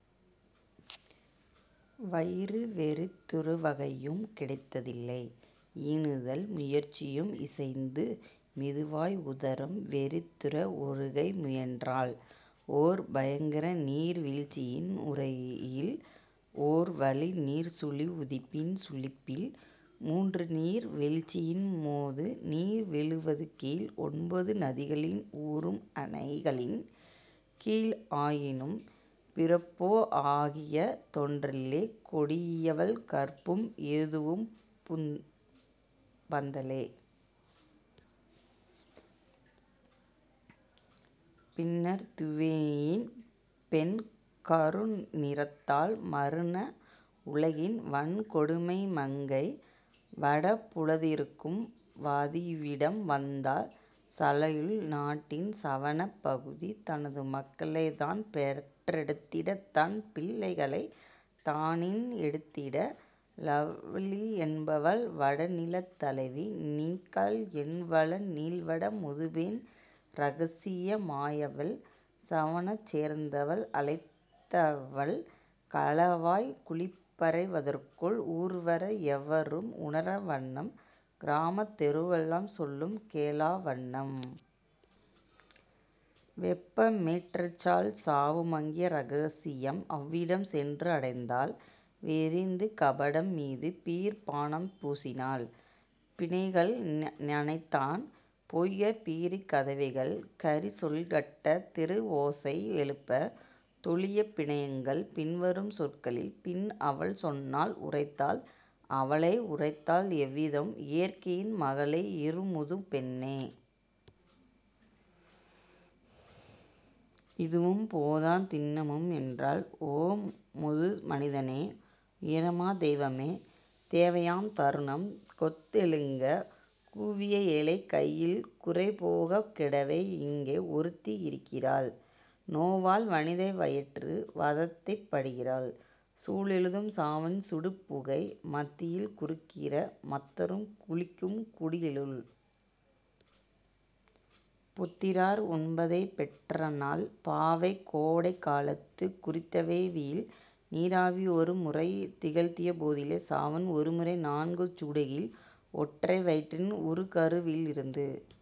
வயிறு வெறிதுற வகையும் கிடைத்தில. ஈனுதல் முயற்சியும் இயைந்தது மெதுவாய் உதரம் வெறிதுற ஒருங்கே முயன்றனள் ஓர்பயங் கரநீர் வீழ்ச்சியின் நுரையில் ஓர்வலு நீர்ச்சுழி உதிப்பின் சுழிப்பில் மூன்றுநீர் வீழ்ச்சியின் மோதுநீர் வீழ்வுகீழ் ஒன்பது நதிகளின் உறும்அணை களின்கீழ் ஆயினும் பிறப்போ ஆகிய தொன்றிலை கொடியவள் கர்ப்பம் எதுவும் புந்தில. " பின்னர் துவோனியின் பெண்கரு நிறத்தாள் மரண உலகின் வன்கொடும் மங்கை வடபுலத் திருக்கும் வதிவிடம் வந்தாள் சாயொலா நாட்டின் சவுனாப் பகுதி தனது மக்களைத் தான்பெற் றெடுத்திட தன்பிள் ளைகளைத் தானீன் றெடுத்திட. லொவ்ஹி என்பவள் வடநிலத் தலைவி நீக்கல் எயிறுள நீள்வட முதுபெண் இரகசிய மாயவள் சவுனாச் சேர்த்தனள் அழைத்தனள் களவாய்க் குளிப்பறை யதற்குள் ஊரவர் எவரும் உணரா வண்ணம் கிராமத் தொருசொலும் கேளா வண்ணம். வெப்பமேற் றினள்சவு னாமிக ரகசியம் அவ்விடம் சென்று அடைந்தனள் விரைந்து கபாடம் மீது பீர் ப் பானம் பூசினள் பிணையல்கள் நனைத்தனள் பெய்தகப் பீரை கதவுகள் கறீச்சொலிக் காட்டா திருக்க ஓசையை எழுப்பா தொழியப் பிணையல்கள். பின்வரும் சொற்களில் பின்அவள் சொன்னாள் உரைத்தாள் அவளே உரைத்தாள் இவ்விதம்: "இயற்கையின் மகளே இருமுது பெண்ணே! இதுவும் போதா தின்னமு மென்றால், ஓ, முது மனிதனே, உயர்மா தெய்வமே! தேவையாம் தருணம் தொந்திங் கெழுக கூவியழைக் கையில் குறைபோக் கிடவா இங்கே ஒருத்தி இருக்கிறாள் நோவுளாள் வனிதை வயிற்று வாதைப் படுகிறாள் சூழ்ந்தெழும் சவுனா சுடுபுகை மத்தியில் குறுங்கிரா மத்துறும் குளிக்கும் குடிலுள். புத்திரர் ஒன்பதைப் பெற்றனள் பாவை கோடைகா லத்து குறித்தவோ ரவில் நீராவி யொருமுறை நிகழ்த்திய போதிலே சவுனா ஒருமுறை தான்சூ டாகையில் ஒற்றை வயிற்றின் உறுகரு விருந்து